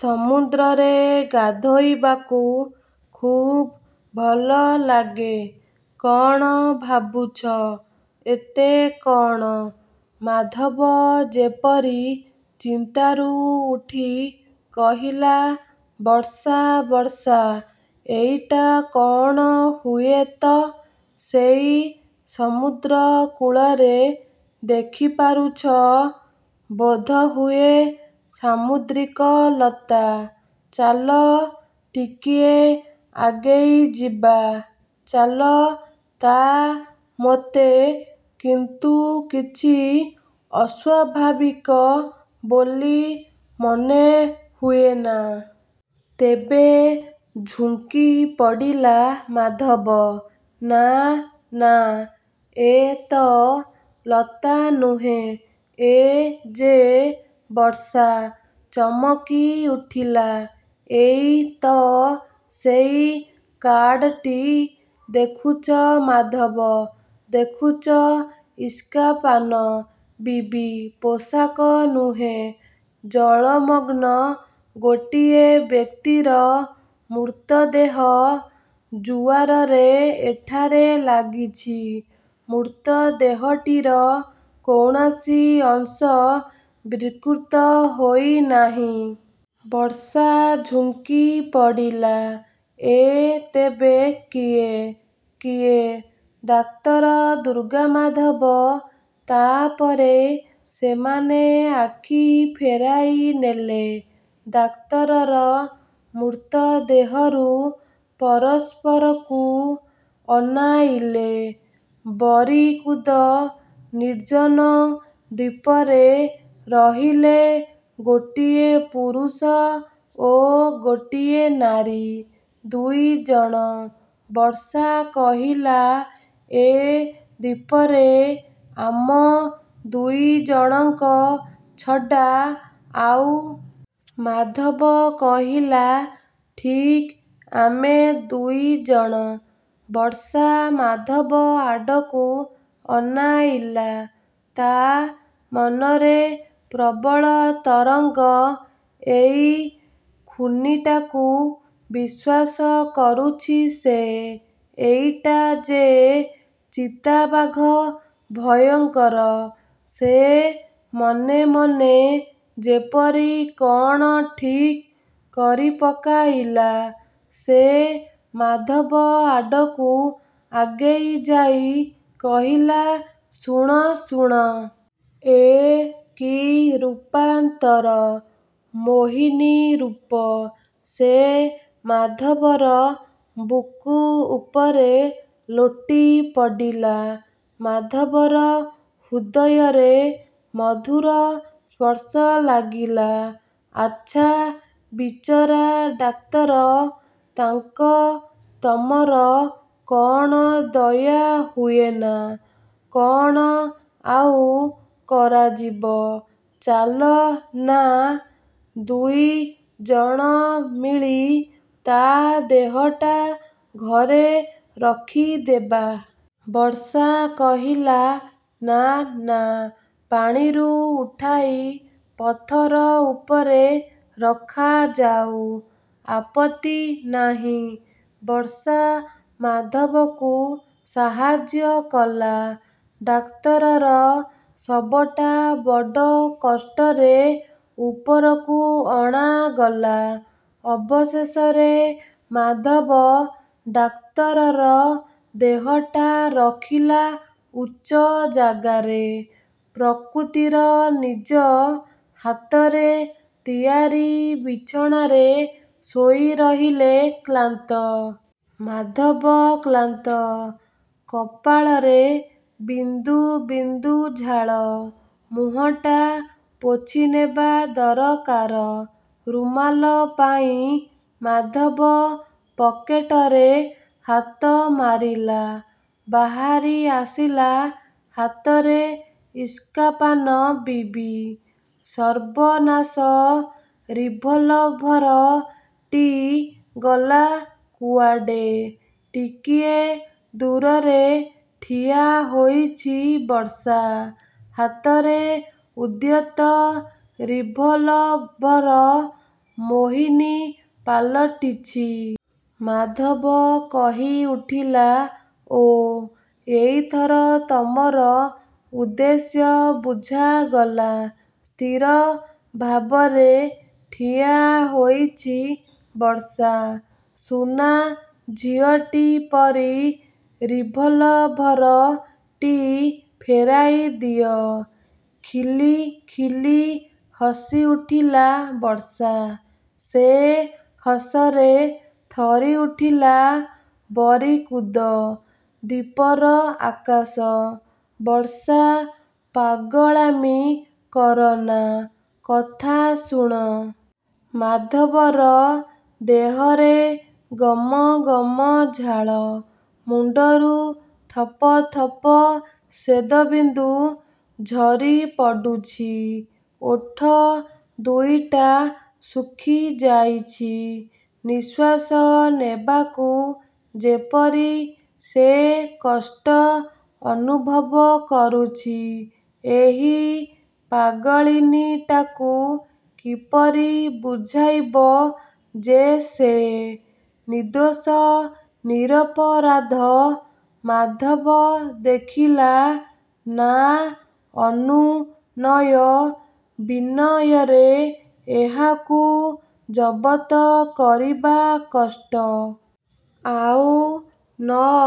ସମୁଦ୍ରରେ ଗାଧୋଇବାକୁ ଖୁବ୍ ଭଲ ଲାଗେ। କ'ଣ ଭାବୁଛ ଏତେ କ'ଣ? ମାଧବ ଯେପରି ଚିନ୍ତାରୁ ଉଠି କହିଲା, ବର୍ଷା, ବର୍ଷା, ଏଇଟା କ'ଣ କୁହ ତ? ସେଇ ସମୁଦ୍ର କୂଳରେ ଦେଖିପାରୁଛ? ବୋଧହୁଏ ସାମୁଦ୍ରିକ ଲତା। ଚାଲ ଟିକିଏ ଆଗେଇଯିବା, ଚାଲ ତା। ମୋତେ କିନ୍ତୁ କିଛି ଅସ୍ୱାଭାବିକ ବୋଲି ମନେହୁଏନା। ତେବେ ଝୁଙ୍କିପଡ଼ିଲା ମାଧବ, ନା, ନା, ଏ ତ ଲତା ନୁହେଁ, ଏ ଯେ ବର୍ଷା ଚମକିଉଠିଲା, ଏଇ ତ ସେଇ କାର୍ଡ଼ଟି! ଦେଖୁଚ ମାଧବ, ଦେଖୁଚ, ଇସ୍କାପାନ ବିବି! ପୋଷାକ ନୁହେଁ, ଜଳମଗ୍ନ ଗୋଟିଏ ବ୍ୟକ୍ତିର ମୃତଦେହ। ଜୁଆରରେ ଏଠାରେ ଲାଗିଛି। ମୃତଦେହଟିର କୌଣସି ଅଂଶ ବ୍ରିକୃତ ହୋଇନାହିଁ। ବର୍ଷା ଝୁଙ୍କିପଡ଼ିଲା। ଏ ତେବେ କିଏ? କିଏ? ଡାକ୍ତର ଦୁର୍ଗାମାଧବ! ତା ପରେ ସେମାନେ ଆଖି ଫେରାଇନେଲେ ଡାକ୍ତରର ମୃତଦେହରୁ। ପରସ୍ପରକୁ ଅନାଇଲେ। ବରିକୁଦ ନିର୍ଜନ ଦ୍ୱୀପରେ ରହିଲେ ଗୋଟିଏ ପୁରୁଷ ଓ ଗୋଟିଏ ନାରୀ, ଦୁଇ ଜଣ! ବର୍ଷା କହିଲା, ଏ ଦ୍ଵୀପରେ ଆମ ଦୁଇ ଜଣଙ୍କ ଛଡ଼ା ଆଉ ମାଧବ କହିଲା, ଠିକ୍ ଆମେ ଦୁଇ ଜଣ। ବର୍ଷା ମାଧବ ଆଡ଼କୁ ଅନାଇଲା। ତା ମନରେ ପ୍ରବଳ ତରଙ୍ଗ, ଏଇ ଖୁନୀଟାକୁ ବିଶ୍ୱାସ କରୁଛି ସେ! ଏଇଟା ଯେ ଚିତାବାଘ ଭୟଙ୍କର। ସେ ମନେ ମନେ ଯେପରି କ'ଣ ଠିକ୍ କରିପକାଇଲା। ସେ ମାଧବ ଆଡ଼କୁ ଆଗେଇଯାଇ କହିଲା, ଶୁଣ, ଶୁଣ। ଏ କି ରୂପାନ୍ତର! ମୋହିନୀ ରୂପ! ସେ ମାଧବର ବୁକୁ ଉପରେ ଲୋଟିପଡ଼ିଲା। ମାଧବର ହୃଦୟରେ ମଧୁର ସ୍ପର୍ଶ ଲାଗିଲା। ଆଚ୍ଛା, ବିଚରା ଡାକ୍ତର ପାଇଁ ତମର କ'ଣ ଦୟା ହୁଏନା? କ'ଣ ଆଉ କରାଯିବ? ଚାଲ ନା, ଦୁଇ ଜଣ ମିଳି ତା ଦେହଟା ଘରେ ରଖିଦେବା। ବର୍ଷା କହିଲା, ନା, ନା। ପାଣିରୁ ଉଠାଇ ପଥର ଉପରେ ରଖାଯାଉ। ଆପତ୍ତି ନାହିଁ। ବର୍ଷା ମାଧବକୁ ସାହାଯ୍ୟ କଲା। ଡାକ୍ତରର ଶବଟା ବଡ଼ କଷ୍ଟରେ ଉପରକୁ ଅଣାଗଲା। ଅବଶେଷରେ ମାଧବ ଡାକ୍ତରର ଦେହଟା ରଖିଲା ଉଚ୍ଚ ଜାଗାରେ। ପ୍ରକୃତିର ନିଜ ହାତରେ ତିଆରି ବିଛଣାରେ ଶୋଇରହିଲେ କ୍ଳାନ୍ତ ମାଧବ କ୍ଳାନ୍ତ। କପାଳରେ ବିନ୍ଦୁ ବିନ୍ଦୁ ଝାଳ। ମୁହଁଟା ପୋଛିନେବା ଦରକାର। ରୁମାଲ ପାଇଁ ମାଧବ ପକେଟରେ ହାତ ମାରିଲା। ବାହାରିଆସିଲା ହାତରେ ଇସ୍କାପାନ ବିବି। ସର୍ବନାଶ! ରିଭଲଭର ଟି ଗଲା କୁଆଡ଼େ? ଟିକିଏ ଦୂରରେ ଠିଆ ହୋଇଛି ବର୍ଷା। ହାତରେ ଉଦ୍ୟତ ରିଭଲଭର! ମୋହିନୀ ପାଲଟିଛି। ମାଧବ କହିଉଠିଲା, ଓ! ଏଇଥର ତମର ଉଦ୍ଦେଶ୍ୟ ବୁଝାଗଲା। ସ୍ଥିର ଭାବରେ ଠିଆ ହୋଇଛି ବର୍ଷା। ସୁନା ଝିଅଟି ପରି ରିଭଲଭର ଟି ଫେରାଇଦିଅ। ଖିଲି ଖିଲି ହସିଉଠିଲା ବର୍ଷା। ସେ ହସରେ ଥରିଉଠିଲା ବରିକୁଦ ଦ୍ଵୀପର ଆକାଶ। ବର୍ଷା, ପାଗଳାମି କରନା। କଥା ଶୁଣ। ମାଧବର ଦେହରେ ଗମ ଗମ ଝାଳ। ମୁଣ୍ଡରୁ ଥପ ଥପ ସ୍ୱେଦବିନ୍ଦୁ ଝରିପଡ଼ୁଛି। ଓଠ ଦୁଇଟା ଶୁଖିଯାଇଛି। ନିଶ୍ୱାସ ନେବାକୁ ଯେପରି ସେ କଷ୍ଟ ଅନୁଭବ କରୁଛି। ଏହି ପାଗଳିନୀଟାକୁ କିପରି ବୁଝାଇବ ଯେ ସେ ନିର୍ଦ୍ଦୋଷ ନିରପରାଧ! ମାଧବ ଦେଖିଲା, ନା ଅନୁନୟ ବିନୟରେ ଏହାକୁ ଜବତ କରିବା କଷ୍ଟ। ଆଉ ନଅ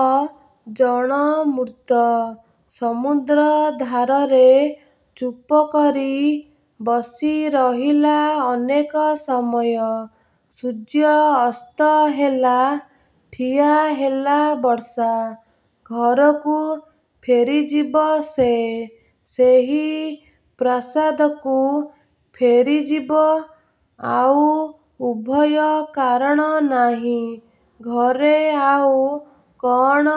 ଜଣ ମୃତ। ସମୁଦ୍ର ଧାରରେ ଚୁପକରି ବସିରହିଲା ଅନେକ ସମୟ। ସୂର୍ଯ୍ୟ ଅସ୍ତ ହେଲା। ଠିଆ ହେଲା ବର୍ଷା। ଘରକୁ ଫେରିଯିବ ସେ। ସେହି ପ୍ରାସାଦକୁ ଫେରିଯିବ। ଆଉ ଉଭୟ କାରଣ ନାହିଁ। ଘରେ ଆଉ କ'ଣ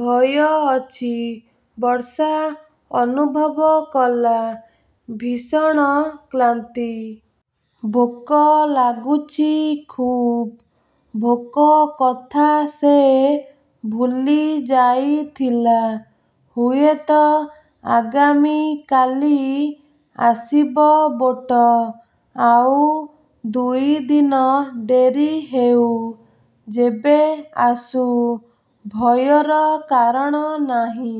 ଭୟ ଅଛି? ବର୍ଷା ଅନୁଭବ କଲା ଭୀଷଣ କ୍ଳାନ୍ତି। ଭୋକ ଲାଗୁଛି ଖୁବ୍। ଭୋକ କଥା ସେ ଭୁଲିଯାଇଥିଲା। ହୁଏତ ଆଗାମୀ କାଲି ଆସିବ ବୋଟ। ଆଉ ଦୁଇ ଦିନ ଡେରି ହେଉ। ଯେବେ ଆସୁ, ଭୟର କାରଣ ନାହିଁ।